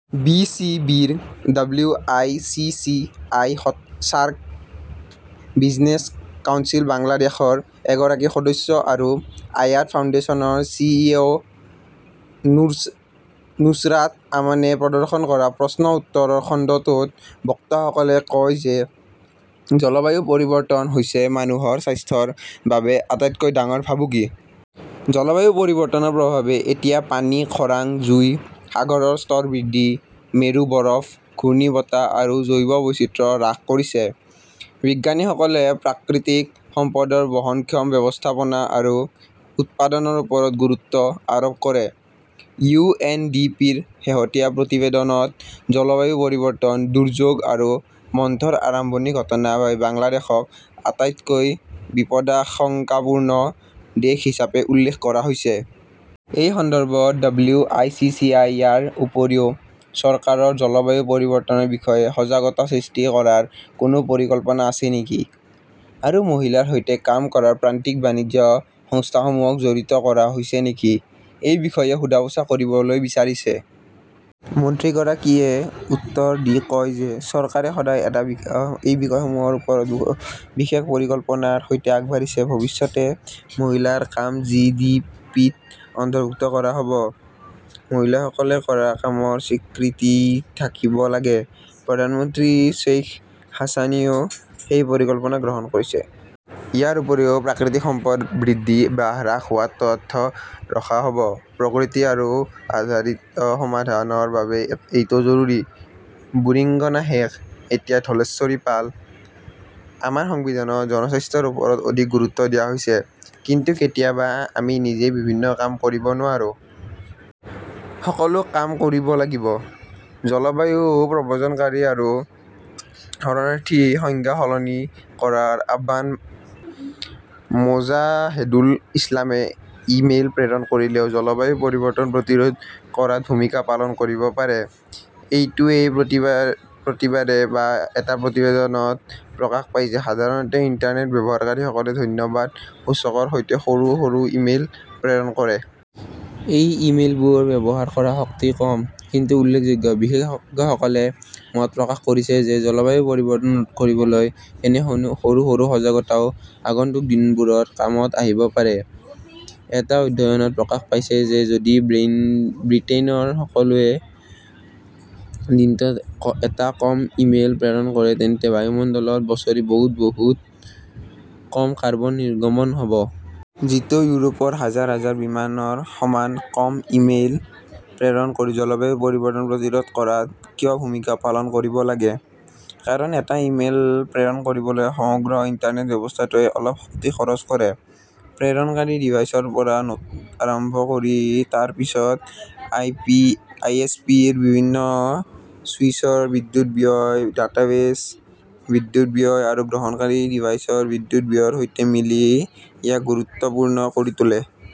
B C বিৰ W I C C I SAARC business council বাংলাদেশৰ এগৰাকী সদস্য আৰু আয়াত ফাউণ্ডেশ্যনৰ চি ই অ নুছৰাট আমানে প্ৰদৰ্শন কৰা প্ৰশ্ন-উত্তৰ খণ্ডটোত বক্তাসকলে কয় যে জলবায়ু পৰিৱৰ্তন হৈছে মানুহৰ স্বাস্থ্যৰ বাবে আটাইতকৈ ডাঙৰ ভাবুকি। জলবায়ু পৰিৱৰ্তনৰ প্ৰভাৱে এতিয়া পানী, খৰাং, জুই, সাগৰৰ স্তৰ বৃদ্ধি, মেৰু বৰফ, ঘূৰ্ণী বতাহ আৰু জৈৱ-বৈচিত্ৰ্য হ্ৰাস কৰিছে। বিশেষজ্ঞসকলে প্ৰাকৃতিক সম্পদৰ বহনক্ষম ব্যৱস্থাপনা আৰু উৎপাদনৰ ওপৰত গুৰুত্ব আৰোপ কৰে। ইউ এন ডি পিৰ শেহতীয়া প্ৰতিবেদনত জলবায়ু পৰিৱৰ্তন, দুৰ্যোগ আৰু মন্থৰ আৰম্ভণিৰ ঘটনাৰ বাবে বাংলাদেশক আটাইতকৈ বিপদাশংকাপূৰ্ণ দেশ হিচাপে উল্লেখ কৰা হৈছে। এই সন্দৰ্ভত W I C C I, ইয়াৰ উপৰিও, চৰকাৰৰ জলবায়ু পৰিৱৰ্তনৰ বিষয়ে সজাগতা সৃষ্টি কৰাৰ কোনো পৰিকল্পনা আছে নেকি? আৰু মহিলাৰ সৈতে কাম কৰা প্ৰান্তিক বাণিজ্য সংস্থাসমূহক জড়িত কৰা হৈছে নেকি? সেই বিষয়ে সোধা-পোছা কৰিবলৈ বিচাৰিছে। মন্ত্ৰীগৰাকীয়ে উত্তৰ দি কয় যে, চৰকাৰে সদায় এই বিষয়সমূহৰ ওপৰত বিশেষ পৰিকল্পনাৰ সৈতে আগবাঢ়িছে। ভৱিষ্যতে মহিলাৰ কাম জি ডি পিত অন্তৰ্ভুক্ত কৰা হ'ব। মহিলাসকলে কৰা কামৰ স্বীকৃতি থাকিব লাগে। প্ৰধানমন্ত্ৰী শ্বেইখ হাছিনায়েও সেই পৰিকল্পনা গ্ৰহণ কৰিছে। ইয়াৰ উপৰিও প্ৰকৃতিক সম্পদ বৃদ্ধি বা হ্ৰাস হোৱাৰ তথ্য ৰখা হ'ব। প্ৰকৃতি-আধাৰিত সমাধানৰ বাবে এইটো জৰুৰী। বুৰিগঙ্গা শেষ, এতিয়া ধলেশ্বৰীৰ পাল। আমাৰ সংবিধানত জনস্বাস্থ্যৰ ওপৰত অধিক গুৰুত্ব দিয়া হৈছে। কিন্তু কেতিয়াবা আমি নিজেই বিভিন্ন কাম কৰিব নোৱাৰোঁ। সকলো কাম কৰিব লাগিব। জলবায়ু প্ৰব্ৰজনকাৰী আৰু শৰণাৰ্থীৰ সংজ্ঞা সলনি কৰাৰ আহ্বান মোজাহেদুল ইছলামে এটা ই-মেইল প্ৰেৰণ কৰিলেও জলবায়ু পৰিৱৰ্তন প্ৰতিৰোধ কৰাত ভূমিকা পালন কৰিব পাৰে। এইটোৱেই প্ৰতিবাৰে এটা প্ৰতিবেদনত প্ৰকাশ পাইছে। সাধাৰণতে ইণ্টাৰনেট ব্যৱহাৰকাৰীসকলে ধন্যবাদ সূচকৰ সৈতে সৰু সৰু ই-মেইল প্ৰেৰণ কৰে। এই ই-মেইলবোৰে ব্যৱহাৰ কৰা শক্তি কম, কিন্তু উল্লেখযোগ্য। বিশেষজ্ঞসকলে মত প্ৰকাশ কৰিছে যে, জলবায়ু পৰিৱৰ্তন প্ৰতিৰোধ কৰিবলৈ এনে সৰু সৰু সজাগতাও আগন্তুক দিনবোৰত কামত আহিব পাৰে। এটা অধ্যয়নত প্ৰকাশ পাইছে যে যদি ব্ৰিটেইনৰ সকলোৱে দিনটোত এটা কম ই-মেইল প্ৰেৰণ কৰে তেন্তে বায়ুমণ্ডলত বছৰি বহুত কম কাৰ্বন নিৰ্গমন হ'ব। যিটো ইউৰোপৰ হাজাৰ হাজাৰ বিমানৰ সমান। কম ই-মেইল প্ৰেৰণ কৰি জলবায়ু পৰিৱৰ্তন প্ৰতিৰোধ কৰাত কিয় ভূমিকা পালন কৰিব লাগে? কাৰণ এটা ই-মেইল প্ৰেৰণ কৰিবলৈ সমগ্ৰ ইণ্টাৰনেট ব্যৱস্থাটোৱে অলপ শক্তি খৰচ কৰে। প্ৰেৰণকাৰী ডিভাইচৰ পৰা আৰম্ভ কৰি, তাৰ পিছত আই এছ পিৰ বিভিন্ন চুইচৰ বিদ্যুৎ ব্যয়, ডাটাবেছৰ বিদ্যুৎ ব্যয় আৰু গ্ৰহণকাৰী ডিভাইচৰ বিদ্যুৎ ব্যয়ৰ সৈতে মিলি ইয়াক গুৰুত্বপূৰ্ণ কৰি তোলে।